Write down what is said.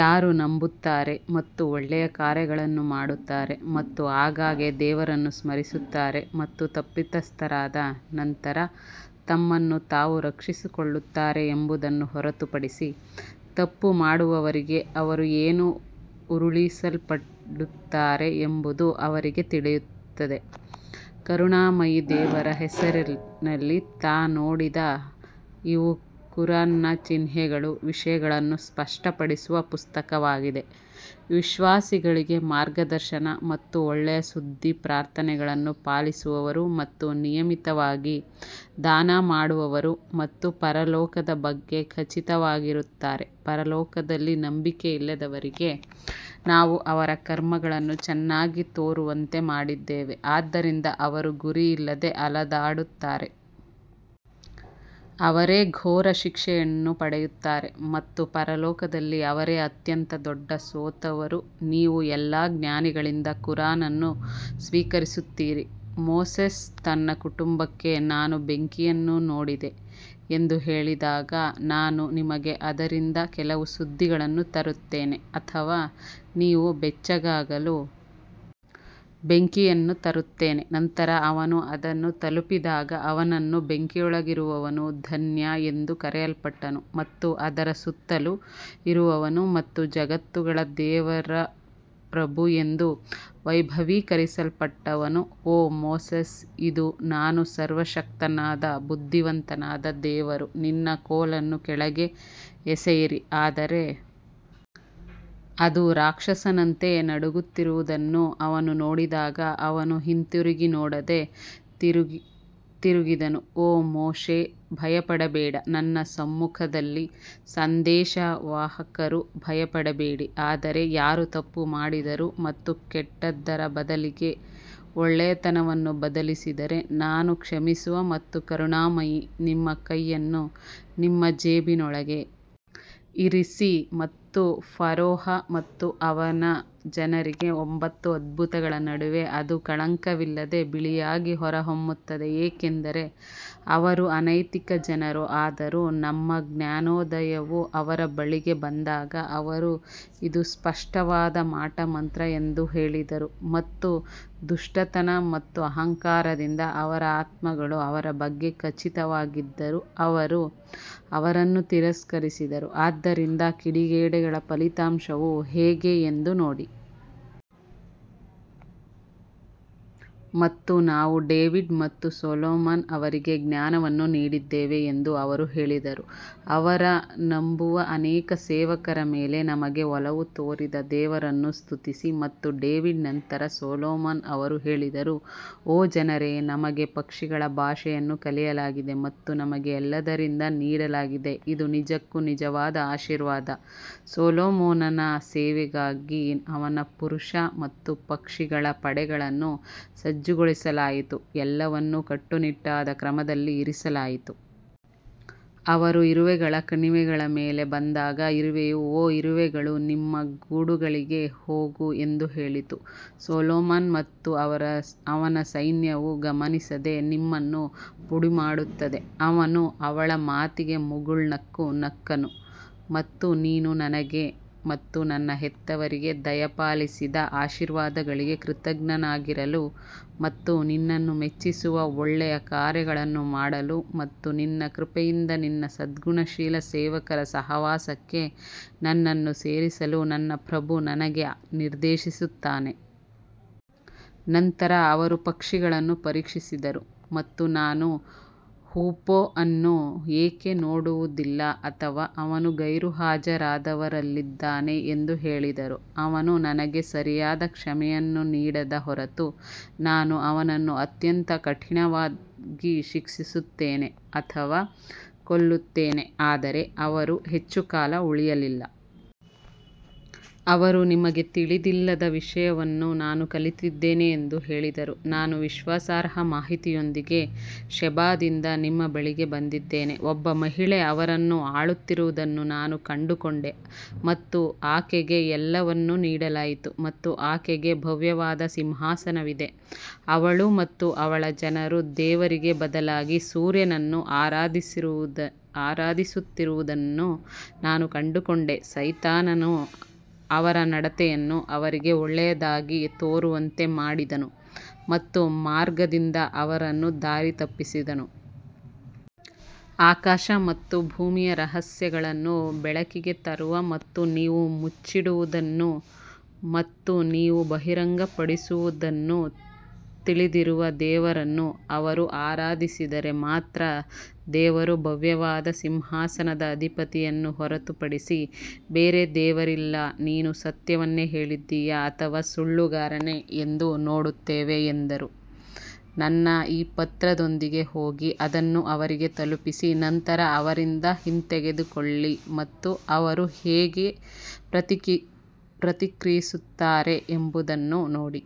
ಯಾರು ನಂಬುತ್ತಾರೆ ಮತ್ತು ಒಳ್ಳೆಯ ಕಾರ್ಯಗಳನ್ನು ಮಾಡುತ್ತಾರೆ ಮತ್ತು ಆಗಾಗ್ಗೆ ದೇವರನ್ನು ಸ್ಮರಿಸುತ್ತಾರೆ ಮತ್ತು ತಪ್ಪಿತಸ್ಥರಾದ ನಂತರ ತಮ್ಮನ್ನು ತಾವು ರಕ್ಷಿಸಿಕೊಳ್ಳುತ್ತಾರೆ ಎಂಬುದನ್ನು ಹೊರತುಪಡಿಸಿ, ತಪ್ಪು ಮಾಡುವವರಿಗೆ ಅವರು ಏನು ಉರುಳಿಸಲ್ಪಡುತ್ತಾರೆ ಎಂಬುದು ಅವರಿಗೆ ತಿಳಿಯುತ್ತದೆ. ಕರುಣಾಮಯಿ ದೇವರ ಹೆಸರಿನಲ್ಲಿ ತಾ ನೋಡಿದ ಇವು ಕುರಾನ್ನ ಚಿಹ್ನೆಗಳು ವಿಷಯಗಳನ್ನು ಸ್ಪಷ್ಟಪಡಿಸುವ ಪುಸ್ತಕವಾಗಿದೆ ವಿಶ್ವಾಸಿಗಳಿಗೆ ಮಾರ್ಗದರ್ಶನ ಮತ್ತು ಒಳ್ಳೆಯ ಸುದ್ದಿ ಪ್ರಾರ್ಥನೆಗಳನ್ನು ಪಾಲಿಸುವವರು ಮತ್ತು ನಿಯಮಿತವಾಗಿ ದಾನ ಮಾಡುವವರು ಮತ್ತು ಪರಲೋಕದ ಬಗ್ಗೆ ಖಚಿತವಾಗಿರುತ್ತಾರೆ ಪರಲೋಕದಲ್ಲಿ ನಂಬಿಕೆಯಿಲ್ಲದವರಿಗೆ ನಾವು ಅವರ ಕರ್ಮಗಳನ್ನು ಚೆನ್ನಾಗಿ ತೋರುವಂತೆ ಮಾಡಿದ್ದೇವೆ ಆದ್ದರಿಂದ ಅವರು ಗುರಿಯಿಲ್ಲದೆ ಅಲೆದಾಡುತ್ತಾರೆ. ಅವರೇ ಘೋರ ಶಿಕ್ಷೆಯನ್ನು ಪಡೆಯುತ್ತಾರೆ ಮತ್ತು ಪರಲೋಕದಲ್ಲಿ ಅವರೇ ಅತ್ಯಂತ ದೊಡ್ಡ ಸೋತವರು ನೀವು ಎಲ್ಲಾ ಜ್ಞಾನಿಗಳಿಂದ ಕುರಾನ್ ಅನ್ನು ಸ್ವೀಕರಿಸುತ್ತೀರಿ ಮೋಸೆಸ್ ತನ್ನ ಕುಟುಂಬಕ್ಕೆ ನಾನು ಬೆಂಕಿಯನ್ನು ನೋಡಿದೆ ಎಂದು ಹೇಳಿದಾಗ ನಾನು ನಿಮಗೆ ಅದರಿಂದ ಕೆಲವು ಸುದ್ದಿಗಳನ್ನು ತರುತ್ತೇನೆ ಅಥವಾ ನೀವು ಬೆಚ್ಚಗಾಗಲು ಬೆಂಕಿಯನ್ನು ತರುತ್ತೇನೆ ನಂತರ ಅವನು ಅದನ್ನು ತಲುಪಿದಾಗ ಅವನನ್ನು ಬೆಂಕಿಯೊಳಗಿರುವವನು ಧನ್ಯ ಎಂದು ಕರೆಯಲ್ಪಟ್ಟನು ಮತ್ತು ಅದರ ಸುತ್ತಲೂ ಇರುವವನು ಮತ್ತು ಜಗತ್ತುಗಳ ದೇವರ ಪ್ರಭು ಎಂದು ವೈಭವೀಕರಿಸಲ್ಪಟ್ಟವನು ಓ ಮೋಸೆಸ್ ಇದು ನಾನು ಸರ್ವಶಕ್ತನಾದ ಬುದ್ಧಿವಂತನಾದ ದೇವರು ನಿನ್ನ ಕೋಲನ್ನು ಕೆಳಗೆ ಎಸೆಯಿರಿ ಆದರೆ ಅದು ರಾಕ್ಷಸನಂತೆ ನಡುಗುತ್ತಿರುವುದನ್ನು ಅವನು ನೋಡಿದಾಗ ಅವನು ಹಿಂತಿರುಗಿ ನೋಡದೆ ತಿರುಗಿದನು ಓ ಮೋಶೆ ಭಯಪಡಬೇಡ ನನ್ನ ಸಮ್ಮುಖದಲ್ಲಿ ಸಂದೇಶವಾಹಕರು ಭಯಪಡಬೇಡಿ ಆದರೆ ಯಾರು ತಪ್ಪು ಮಾಡಿದರೂ ಮತ್ತು ಕೆಟ್ಟದ್ದರ ಬದಲಿಗೆ ಒಳ್ಳೆಯತನವನ್ನು ಬದಲಿಸಿದರೆ ನಾನು ಕ್ಷಮಿಸುವ ಮತ್ತು ಕರುಣಾಮಯಿ ನಿಮ್ಮ ಕೈಯನ್ನು ನಿಮ್ಮ ಜೇಬಿನೊಳಗೆ ಇರಿಸಿ ಮತ್ತು ಫರೋಹ ಮತ್ತು ಅವನ ಜನರಿಗೆ ಒಂಬತ್ತು ಅದ್ಭುತಗಳ ನಡುವೆ ಅದು ಕಳಂಕವಿಲ್ಲದೆ ಬಿಳಿಯಾಗಿ ಹೊರಹೊಮ್ಮುತ್ತದೆ ಏಕೆಂದರೆ ಅವರು ಅನೈತಿಕ ಜನರು ಆದರೂ ನಮ್ಮ ಜ್ಞಾನೋದಯವು ಅವರ ಬಳಿಗೆ ಬಂದಾಗ ಅವರು ಇದು ಸ್ಪಷ್ಟವಾದ ಮಾಟಮಂತ್ರ ಎಂದು ಹೇಳಿದರು ಮತ್ತು ದುಷ್ಟತನ ಮತ್ತು ಅಹಂಕಾರದಿಂದ ಅವರ ಆತ್ಮಗಳು ಅವರ ಬಗ್ಗೆ ಖಚಿತವಾಗಿದ್ದರೂ ಅವರು ಅವರನ್ನು ತಿರಸ್ಕರಿಸಿದರು, ಆದ್ದರಿಂದ ಕಿಡಿಗೇಡಿಗಳ ಫಲಿತಾಂಶವು ಹೇಗೆ ಎಂದು ನೋಡಿ. ಮತ್ತು ನಾವು ಡೇವಿಡ್ ಮತ್ತು ಸೊಲೊಮನ್ ಅವರಿಗೆ ಜ್ಞಾನವನ್ನು ನೀಡಿದ್ದೇವೆ ಎಂದು ಅವರು ಹೇಳಿದರು, ಅವರ ನಂಬುವ ಅನೇಕ ಸೇವಕರ ಮೇಲೆ ನಮಗೆ ಒಲವು ತೋರಿದ ದೇವರನ್ನು ಸ್ತುತಿಸಿ ಮತ್ತು ಡೇವಿಡ್ ನಂತರ ಸೊಲೊಮನ್ ಅವರು ಹೇಳಿದರು ಓ ಜನರೇ ನಮಗೆ ಪಕ್ಷಿಗಳ ಭಾಷೆಯನ್ನು ಕಲಿಸಲಾಗಿದೆ ಮತ್ತು ನಮಗೆ ಎಲ್ಲದರಿಂದ ನೀಡಲಾಗಿದೆ ಇದು ನಿಜಕ್ಕೂ ನಿಜವಾದ ಆಶೀರ್ವಾದ ಸೊಲೊಮೋನನ ಸೇವೆಗಾಗಿ ಅವನ ಪುರುಷ ಮತ್ತು ಪಕ್ಷಿಗಳ ಪಡೆಗಳನ್ನು ಸಜ್ಜುಗೊಳಿಸಲಾಯಿತು, ಎಲ್ಲವನ್ನೂ ಕಟ್ಟುನಿಟ್ಟಾದ ಕ್ರಮದಲ್ಲಿ ಇರಿಸಲಾಯಿತು. ಅವರು ಇರುವೆಗಳ ಕಣಿವೆಯ ಮೇಲೆ ಬಂದಾಗ ಇರುವೆಯು ಓ ಇರುವೆಗಳು ನಿಮ್ಮ ಗೂಡುಗಳಿಗೆ ಹೋಗು ಎಂದು ಹೇಳಿತು, ಸೊಲೊಮನ್ ಮತ್ತು ಅವನ ಸೈನ್ಯವು ಗಮನಿಸದೆ ನಿಮ್ಮನ್ನು ಪುಡಿಮಾಡುತ್ತದೆ. ಅವನು ಅವಳ ಮಾತಿಗೆ ಮುಗುಳ್ನಕ್ಕು ನಕ್ಕನು ಮತ್ತು ನೀನು ನನಗೆ ಮತ್ತು ನನ್ನ ಹೆತ್ತವರಿಗೆ ದಯಪಾಲಿಸಿದ ಆಶೀರ್ವಾದಗಳಿಗೆ ಕೃತಜ್ಞನಾಗಿರಲು ಮತ್ತು ನಿನ್ನನ್ನು ಮೆಚ್ಚಿಸುವ ಒಳ್ಳೆಯ ಕಾರ್ಯಗಳನ್ನು ಮಾಡಲು ಮತ್ತು ನಿನ್ನ ಕೃಪೆಯಿಂದ ನಿನ್ನ ಸದ್ಗುಣಶೀಲ ಸೇವಕರ ಸಹವಾಸಕ್ಕೆ ನನ್ನನ್ನು ಸೇರಿಸಲು ನನ್ನ ಪ್ರಭು ನನಗೆ ನಿರ್ದೇಶಿಸುತ್ತಾನೆ. ನಂತರ ಅವರು ಪಕ್ಷಿಗಳನ್ನು ಪರೀಕ್ಷಿಸಿದರು ಮತ್ತು ನಾನು ಹೂಪೋ ಅನ್ನು ಏಕೆ ನೋಡುವುದಿಲ್ಲ ಅಥವಾ ಅವನು ಗೈರುಹಾಜರಾದವರಲ್ಲಿದ್ದಾನೆ ಎಂದು ಹೇಳಿದರು. ಅವನು ನನಗೆ ಸರಿಯಾದ ಕ್ಷಮೆಯನ್ನು ನೀಡದ ಹೊರತು ನಾನು ಅವನನ್ನು ಅತ್ಯಂತ ಕಠಿಣವಾಗಿ ಶಿಕ್ಷಿಸುತ್ತೇನೆ ಅಥವಾ ಕೊಲ್ಲುತ್ತೇನೆ ಆದರೆ ಅವರು ಹೆಚ್ಚು ಕಾಲ ಉಳಿಯಲಿಲ್ಲ ಅವರು ನಿಮಗೆ ತಿಳಿದಿಲ್ಲದ ವಿಷಯವನ್ನು ನಾನು ಕಲಿತಿದ್ದೇನೆ ಎಂದು ಹೇಳಿದರು ನಾನು ವಿಶ್ವಾಸಾರ್ಹ ಮಾಹಿತಿಯೊಂದಿಗೆ ಶೆಬಾದಿಂದ ನಿಮ್ಮ ಬಳಿಗೆ ಬಂದಿದ್ದೇನೆ ಒಬ್ಬ ಮಹಿಳೆ ಅವರನ್ನು ಆಳುತ್ತಿರುವುದನ್ನು ನಾನು ಕಂಡುಕೊಂಡೆ ಮತ್ತು ಆಕೆಗೆ ಎಲ್ಲವನ್ನೂ ನೀಡಲಾಯಿತು ಮತ್ತು ಆಕೆಗೆ ಭವ್ಯವಾದ ಸಿಂಹಾಸನವಿದೆ ಅವಳು ಮತ್ತು ಅವಳ ಜನರು ದೇವರಿಗೆ ಬದಲಾಗಿ ಸೂರ್ಯನನ್ನು ಆರಾಧಿಸುತ್ತಿರುವುದನ್ನು ನಾನು ಕಂಡುಕೊಂಡೆ ಸೈತಾನನು ಅವರ ನಡತೆಯನ್ನು ಅವರಿಗೆ ಒಳ್ಳೆಯದಾಗಿ ತೋರುವಂತೆ ಮಾಡಿದನು ಮತ್ತು ಮಾರ್ಗದಿಂದ ಅವರನ್ನು ದಾರಿ ತಪ್ಪಿಸಿದನು. ಆಕಾಶ ಮತ್ತು ಭೂಮಿಯ ರಹಸ್ಯಗಳನ್ನು ಬೆಳಕಿಗೆ ತರುವ ಮತ್ತು ನೀವು ಮುಚ್ಚಿಡುವುದನ್ನು ಮತ್ತು ನೀವು ಬಹಿರಂಗಪಡಿಸುವದನ್ನು ತಿಳಿದಿರುವ ದೇವರನ್ನು ಅವರು ಆರಾಧಿಸಿದರೆ ಮಾತ್ರ ದೇವರು ಭವ್ಯವಾದ ಸಿಂಹಾಸನದ ಅಧಿಪತಿಯನ್ನು ಹೊರತುಪಡಿಸಿ ಬೇರೆ ದೇವರಿಲ್ಲ ನೀನು ಸತ್ಯವನ್ನೇ ಹೇಳಿದ್ದೀಯಾ ಅಥವಾ ಸುಳ್ಳುಗಾರನೇ ಎಂದು ನೋಡುತ್ತೇವೆ ಎಂದರು ನನ್ನ ಈ ಪತ್ರದೊಂದಿಗೆ ಹೋಗಿ ಅದನ್ನು ಅವರಿಗೆ ತಲುಪಿಸಿ ನಂತರ ಅವರಿಂದ ಹಿಂತೆಗೆದುಕೊಳ್ಳಿ ಮತ್ತು ಅವರು ಹೇಗೆ ಪ್ರತಿಕ್ರಿಯಿಸುತ್ತಾರೆ ಎಂಬುದನ್ನು ನೋಡಿ.